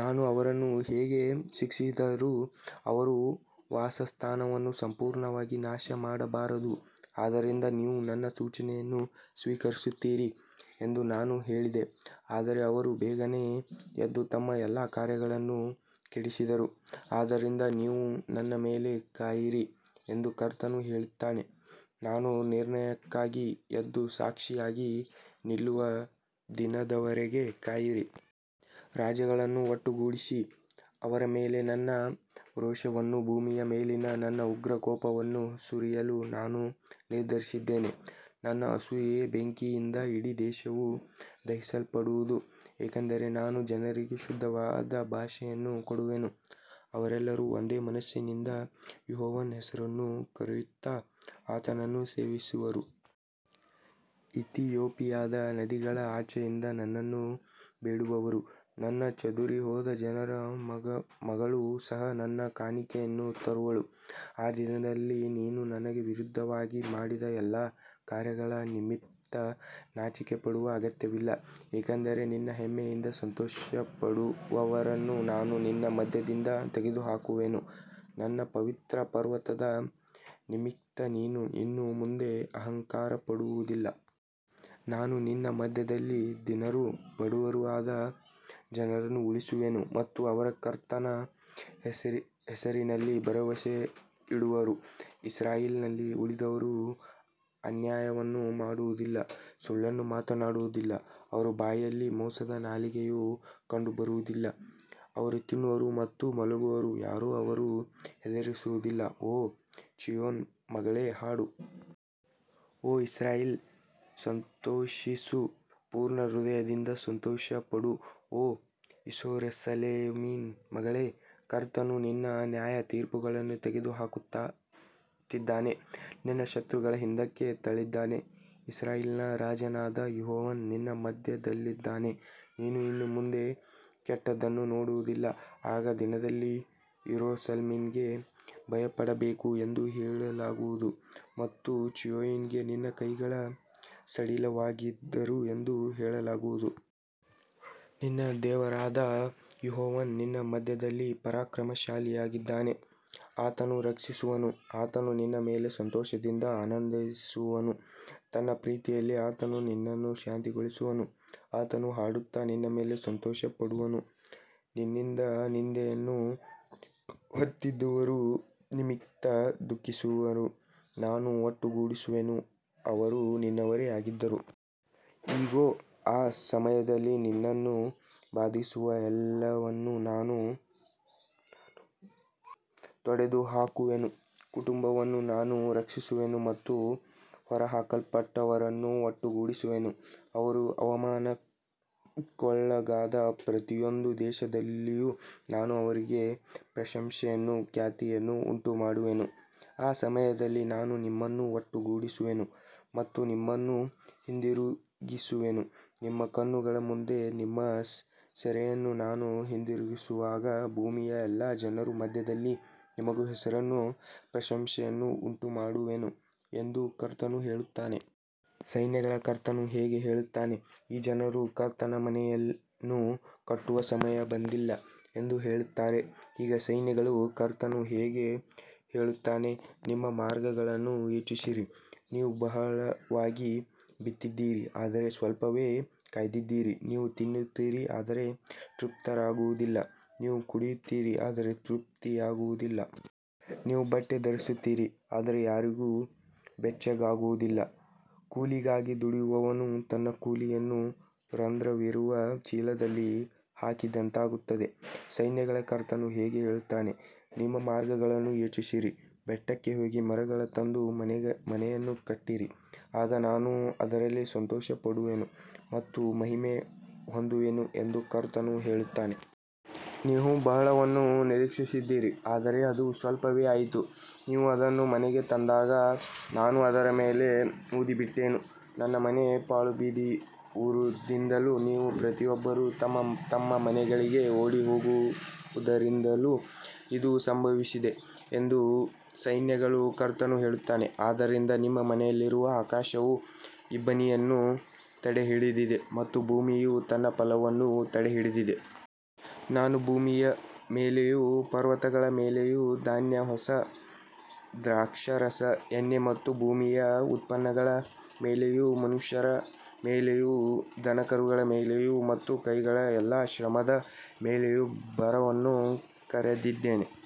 ನಾನು ಅವರನ್ನು ಹೇಗೆ ಶಿಕ್ಷಿಸಿದರೂ ಅವರ ವಾಸಸ್ಥಾನವನ್ನು ಸಂಪೂರ್ಣವಾಗಿ ನಾಶಮಾಡಬಾರದು. ಆದ್ದರಿಂದ ನೀವು ನನ್ನ ಸೂಚನೆಯನ್ನು ಸ್ವೀಕರಿಸುತ್ತೀರಿ ಎಂದು ನಾನು ಹೇಳಿದೆ. ಆದರೆ ಅವರು ಬೇಗನೆ ಎದ್ದು ತಮ್ಮ ಎಲ್ಲಾ ಕಾರ್ಯಗಳನ್ನು ಕೆಡಿಸಿದರು. ಆದ್ದರಿಂದ ನೀವು ನನ್ನ ಮೇಲೆ ಕಾಯಿರಿ ಎಂದು ಕರ್ತನು ಹೇಳುತ್ತಾನೆ. ನಾನು ನಿರ್ಣಯಕ್ಕಾಗಿ ಎದ್ದು ಸಾಕ್ಷಿಯಾಗಿ ನಿಲ್ಲುವ ದಿನದವರೆಗೆ ಕಾಯಿರಿ. ರಾಜ್ಯಗಳನ್ನು ಒಟ್ಟುಗೂಡಿಸಿ, ಅವರ ಮೇಲೆ ನನ್ನ ರೋಷವನ್ನೂ ಭೂಮಿಯ ಮೇಲಿನ ನನ್ನ ಉಗ್ರ ಕೋಪವನ್ನೂ ಸುರಿಯಲು ನಾನು ನಿರ್ಧರಿಸಿದ್ದೇನೆ. ನನ್ನ ಅಸೂಯೆಯ ಬೆಂಕಿಯಿಂದ ಇಡೀ ದೇಶವು ದಹಿಸಲ್ಪಡುವುದು. ಯಾಕಂದರೆ ನಾನು ಜನರಿಗೆ ಶುದ್ಧವಾದ ಭಾಷೆಯನ್ನು ಕೊಡುವೆನು, ಅವರೆಲ್ಲರೂ ಒಂದೇ ಮನಸ್ಸಿನಿಂದ ಯೆಹೋವನ ಹೆಸರನ್ನು ಕರೆಯುತ್ತಾ ಆತನನ್ನು ಸೇವಿಸುವರು. ಇಥಿಯೋಪಿಯಾದ ನದಿಗಳ ಆಚೆಯಿಂದ ನನ್ನನ್ನು ಬೇಡುವವರು, ನನ್ನ ಚದುರಿಹೋದ ಜನರ ಮಗಳು ಸಹ, ನನ್ನ ಕಾಣಿಕೆಯನ್ನು ತರುವಳು. ಆ ದಿನದಲ್ಲಿ ನೀನು ನನಗೆ ವಿರುದ್ಧವಾಗಿ ಮಾಡಿದ ಎಲ್ಲಾ ಕಾರ್ಯಗಳ ನಿಮಿತ್ತ ನಾಚಿಕೆಪಡುವ ಅಗತ್ಯವಿಲ್ಲ, ಏಕೆಂದರೆ ನಿನ್ನ ಹೆಮ್ಮೆಯಿಂದ ಸಂತೋಷಪಡುವವರನ್ನು ನಾನು ನಿನ್ನ ಮಧ್ಯದಿಂದ ತೆಗೆದುಹಾಕುವೆನು. ನನ್ನ ಪವಿತ್ರ ಪರ್ವತದ ನಿಮಿತ್ತ ನೀನು ಇನ್ನು ಮುಂದೆ ಅಹಂಕಾರಪಡುವುದಿಲ್ಲ. ನಾನು ನಿನ್ನ ಮಧ್ಯದಲ್ಲಿ ದೀನರೂ ಬಡವರೂ ಆದ ಜನರನ್ನು ಉಳಿಸುವೆನು ಮತ್ತು ಅವರು ಕರ್ತನ ಹೆಸರಿನಲ್ಲಿ ಭರವಸೆಯಿಡುವರು. ಇಸ್ರಾಯೇಲಿನಲ್ಲಿ ಉಳಿದವರು ಅನ್ಯಾಯವನ್ನು ಮಾಡುವುದಿಲ್ಲ, ಸುಳ್ಳನ್ನು ಮಾತನಾಡುವುದಿಲ್ಲ, ಅವರ ಬಾಯಿಯಲ್ಲಿ ಮೋಸದ ನಾಲಿಗೆಯು ಕಂಡುಬರುವುದಿಲ್ಲ. ಅವರು ತಿನ್ನುವರು ಮತ್ತು ಮಲಗುವರು, ಯಾರೂ ಅವರನ್ನು ಹೆದರಿಸುವುದಿಲ್ಲ. ಓ ಚೀಯೋನ್ ಮಗಳೇ, ಹಾಡು. ಓ ಇಸ್ರಾಯೇಲೇ, ಸಂತೋಷಿಸು. ಪೂರ್ಣ ಹೃದಯದಿಂದ ಸಂತೋಷಪಡು, ಓ ಯೆರೂಸಲೇಮಿನ ಮಗಳೇ. ಕರ್ತನು ನಿನ್ನ ನ್ಯಾಯತೀರ್ಪುಗಳನ್ನು ತೆಗೆದುಹಾಕಿದ್ದಾನೆ, ನಿನ್ನ ಶತ್ರುವನ್ನು ಹಿಂದಕ್ಕೆ ತಳ್ಳಿದ್ದಾನೆ. ಇಸ್ರಾಯೇಲಿನ ರಾಜನಾದ ಯೆಹೋವನು ನಿನ್ನ ಮಧ್ಯದಲ್ಲಿದ್ದಾನೆ, ನೀನು ಇನ್ನು ಮುಂದೆ ಕೆಟ್ಟದ್ದನ್ನು ನೋಡುವುದಿಲ್ಲ. ಆ ದಿನದಲ್ಲಿ ಯೆರೂಸಲೇಮಿಗೆ, ಭಯಪಡಬೇಡ ಎಂದು ಹೇಳಲಾಗುವುದು ಮತ್ತು ಚೀಯೋನಿಗೆ, ನಿನ್ನ ಕೈಗಳು ಸಡಿಲವಾಗದಿರಲಿ ಎಂದು ಹೇಳಲಾಗುವುದು. ನಿನ್ನ ದೇವರಾದ ಯೆಹೋವನು ನಿನ್ನ ಮಧ್ಯದಲ್ಲಿ ಪರಾಕ್ರಮಶಾಲಿಯಾಗಿದ್ದಾನೆ. ಆತನು ರಕ್ಷಿಸುವನು. ಆತನು ನಿನ್ನ ಮೇಲೆ ಸಂತೋಷದಿಂದ ಆನಂದಿಸುವನು. ತನ್ನ ಪ್ರೀತಿಯಲ್ಲಿ ಆತನು ನಿನ್ನನ್ನು ಶಾಂತಿಗೊಳಿಸುವನು. ಆತನು ಹಾಡುತ್ತಾ ನಿನ್ನ ಮೇಲೆ ಸಂತೋಷಪಡುವನು. ನಿನ್ನಿಂದ ನಿಂದೆಯನ್ನು ಹೊತ್ತಿದ್ದವರ ನಿಮಿತ್ತ ದುಃಖಿಸುತ್ತಿದ್ದವರನ್ನು ನಾನು ಒಟ್ಟುಗೂಡಿಸುವೆನು, ಅವರು ನಿನ್ನವರೇ ಆಗಿದ್ದರು. ಇಗೋ, ಆ ಸಮಯದಲ್ಲಿ ನಿನ್ನನ್ನು ಬಾಧಿಸುವ ಎಲ್ಲವನ್ನೂ ನಾನು ತೊಡೆದುಹಾಕುವೆನು. ಕುಂಟನನ್ನು ನಾನು ರಕ್ಷಿಸುವೆನು ಮತ್ತು ಹೊರಹಾಕಲ್ಪಟ್ಟವರನ್ನು ಒಟ್ಟುಗೂಡಿಸುವೆನು. ಅವರು ಅವಮಾನಕ್ಕೊಳಗಾದ ಪ್ರತಿಯೊಂದು ದೇಶದಲ್ಲಿಯೂ ನಾನು ಅವರಿಗೆ ಪ್ರಶಂಸೆಯನ್ನೂ ಖ್ಯಾತಿಯನ್ನೂ ಉಂಟುಮಾಡುವೆನು. ಆ ಸಮಯದಲ್ಲಿ ನಾನು ನಿಮ್ಮನ್ನು ಒಟ್ಟುಗೂಡಿಸುವೆನು ಮತ್ತು ನಿಮ್ಮನ್ನು ಹಿಂದಿರುಗಿಸುವೆನು. ನಿಮ್ಮ ಕಣ್ಣುಗಳ ಮುಂದೆ ನಿಮ್ಮ ಸೆರೆಯನ್ನು ನಾನು ಹಿಂದಿರುಗಿಸುವಾಗ, ಭೂಮಿಯ ಎಲ್ಲಾ ಜನರ ಮಧ್ಯದಲ್ಲಿ ನಿಮಗೆ ಹೆಸರನ್ನೂ ಪ್ರಶಂಸೆಯನ್ನೂ ಉಂಟುಮಾಡುವೆನು ಎಂದು ಕರ್ತನು ಹೇಳುತ್ತಾನೆ. ಸೈನ್ಯಗಳ ಕರ್ತನು ಹೀಗೆ ಹೇಳುತ್ತಾನೆ, ಈ ಜನರು ಕರ್ತನ ಮನೆಯನ್ನು ಕಟ್ಟುವ ಸಮಯ ಬಂದಿಲ್ಲ ಎಂದು ಹೇಳುತ್ತಾರೆ. ಈಗ ಸೈನ್ಯಗಳ ಕರ್ತನು ಹೀಗೆ ಹೇಳುತ್ತಾನೆ, ನಿಮ್ಮ ಮಾರ್ಗಗಳನ್ನು ಯೋಚಿಸಿರಿ. ನೀವು ಬಹಳವಾಗಿ ಬಿತ್ತಿದ್ದೀರಿ, ಆದರೆ ಸ್ವಲ್ಪವೇ ಕೊಯ್ದಿದ್ದೀರಿ. ನೀವು ತಿನ್ನುತ್ತೀರಿ, ಆದರೆ ತೃಪ್ತರಾಗುವುದಿಲ್ಲ. ನೀವು ಕುಡಿಯುತ್ತೀರಿ, ಆದರೆ ತೃಪ್ತಿಯಾಗುವುದಿಲ್ಲ. ನೀವು ಬಟ್ಟೆ ಧರಿಸುತ್ತೀರಿ, ಆದರೆ ಯಾರಿಗೂ ಬೆಚ್ಚಗಾಗುವುದಿಲ್ಲ. ಕೂಲಿಗಾಗಿ ದುಡಿಯುವವನು ತನ್ನ ಕೂಲಿಯನ್ನು ರಂಧ್ರವಿರುವ ಚೀಲದಲ್ಲಿ ಹಾಕಿದಂತಾಗುತ್ತದೆ. ಸೈನ್ಯಗಳ ಕರ್ತನು ಹೀಗೆ ಹೇಳುತ್ತಾನೆ, ನಿಮ್ಮ ಮಾರ್ಗಗಳನ್ನು ಯೋಚಿಸಿರಿ. ಬೆಟ್ಟಕ್ಕೆ ಹೋಗಿ ಮರವನ್ನು ತಂದು ಮನೆಯನ್ನು ಕಟ್ಟಿರಿ. ಆಗ ನಾನು ಅದರಲ್ಲಿ ಸಂತೋಷಪಡುವೆನು ಮತ್ತು ಮಹಿಮೆ ಹೊಂದುವೆನು ಎಂದು ಕರ್ತನು ಹೇಳುತ್ತಾನೆ. ನೀವು ಬಹಳವನ್ನು ನಿರೀಕ್ಷಿಸಿದ್ದೀರಿ, ಆದರೆ ಅದು ಸ್ವಲ್ಪವೇ ಆಯಿತು. ನೀವು ಅದನ್ನು ಮನೆಗೆ ತಂದಾಗ ನಾನು ಅದರ ಮೇಲೆ ಊದಿಬಿಟ್ಟೆನು. ನನ್ನ ಮನೆ ಪಾಳುಬಿದ್ದಿರುವುದರಿಂದಲೂ ನೀವು ಪ್ರತಿಯೊಬ್ಬರೂ ತಮ್ಮ ತಮ್ಮ ಮನೆಗಳಿಗೆ ಓಡಿಹೋಗಿರುವುದರಿಂದಲೂ ಇದು ಸಂಭವಿಸಿದೆ ಎಂದು ಸೈನ್ಯಗಳ ಕರ್ತನು ಹೇಳುತ್ತಾನೆ. ಆದ್ದರಿಂದ ನಿಮ್ಮ ಮೇಲಿರುವ ಆಕಾಶವು ಇಬ್ಬನಿಯನ್ನು ತಡೆಹಿಡಿದಿದೆ ಮತ್ತು ಭೂಮಿಯು ತನ್ನ ಫಲವನ್ನು ತಡೆಹಿಡಿದಿದೆ. ನಾನು ಭೂಮಿಯ ಮೇಲೆಯೂ ಪರ್ವತಗಳ ಮೇಲೆಯೂ ಧಾನ್ಯ, ಹೊಸ ದ್ರಾಕ್ಷಾರಸ, ಎಣ್ಣೆ ಮತ್ತು ಭೂಮಿಯ ಉತ್ಪನ್ನಗಳ ಮೇಲೆಯೂ, ಮನುಷ್ಯರ ಮೇಲೆಯೂ ದನಕರುಗಳ ಮೇಲೆಯೂ ಮತ್ತು ಕೈಗಳ ಎಲ್ಲಾ ಶ್ರಮದ ಮೇಲೆಯೂ ಬರವನ್ನು ಕರೆದಿದ್ದೇನೆ.